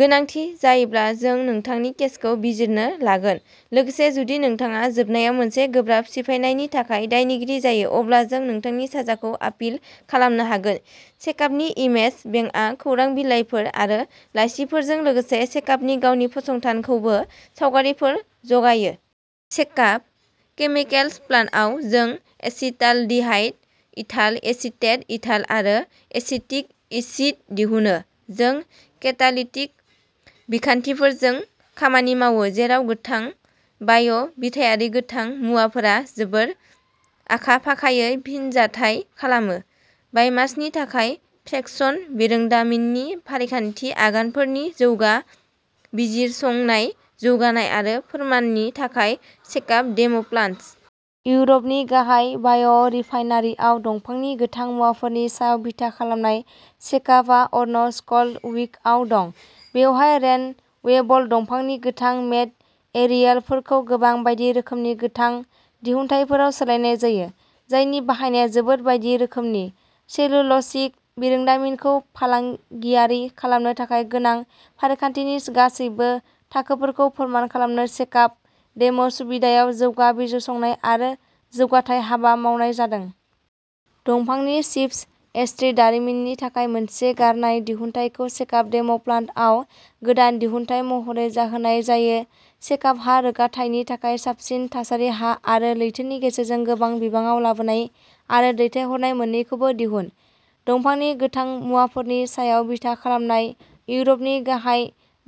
गोनांथि जायोब्ला, जों नोंथांनि केसखौ बिजिरनो लागोन। लोगोसे, जुदि नोंथाङा जोबनायाव मोनसे गोब्राब सिफायनायनि थाखाय दायनिगिरि जायो, अब्ला जों नोंथांनि साजाखौ आपिल खालामनो हागोन। सेकाबनि इमेज बेंकआ खौरां बिलाइफोर आरो लाइसिफोरजों लोगोसे सेकाबनि गावनि फसंथानखौबो सावगारिफोर जगायो। सेकाब केमिकेल्स प्लान्टआव जों एसिटालडिहाइड, इथाइल एसिटेट, इथानल आरो एसिटिक एसिड दिहुनो। जों केतालिटिक बिखान्थिफोरजों खामानि मावो जेराव गोथां बाय'- बिथायारि गोथां मुवाफोरा जोबोद आखा-फाखायै फिनजाथाय खालामो। बायमासनि थाखाय फ्रेकशन बिरोंदामिननि फारिखान्थिनि आगानफोरनि जौगा बिजिरसंनाय, जौगानाय आरो फोरमाननि थाखाय सेकाब डेम'प्लान्ट। इउरपनि गाहाय बाय'रिफाइनारिआव दंफांनि गोथां मुवाफोरनि सायाव बिथा खालामनाय सेकाबआ अर्न-स्कल्ड्सविकआव दं। बेवहाय रेन-वेबल दंफांनि गोथां मेट-एरियेलफोरखौ गोबां बायदि रोखोमनि गोथां दिहुनथायफोराव सोलायनाय जायो, जायनि बाहायनाया जोबोद बायदि रोखोमनि। सेलुल'सिक बिरोंदामिनखौ फालांगियारि खालामनो थाखाय गोनां फारिखान्थिनि गासैबो थाखोफोरखौ फोरमान खालामनो सेकाब डेम'सुबिदायाव जौगा बिजिरसंनाय आरो जौगाथाय हाबा मावनाय जादों। दंफांनि चिप्स, एस्ट्रि दारिमिननि थाखाय मोनसे गारनाय दिहुनथायखौ सेकाब डेम'प्लान्टआव गोदान दिहुनथाय महरै जाहोनाय जायो। सेकाबहा रोगाथायनि थाखाय साबसिन थासारि हा आरो लैथोनि गेजेरजों गोबां बिबाङाव लाबोनाय आरो दैथायहरनाय मोन्नैखौबो दिहुन। दंफांनि गोथां मुवाफोरनि सायाव बिथा खालामनाय इउरपनि गाहाय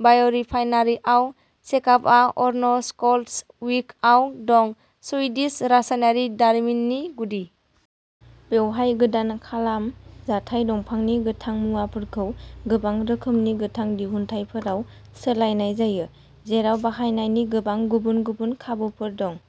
बाय'रिफाइनारिआव सेकाबआ अर्नस्कल्ड्सविकआव दं-सुइडिश रासायनारि दारिमिननि गुदि। बेवहाय गोदान खालाम जाथाव दंफांनि गोथां मुवाफोरखौ गोबां रोखोमनि गोथां दिहुनथायफोराव सोलायनाय जायो, जेराव बाहायनायनि गोबां गुबुन-गुबुन खाबुफोर दं।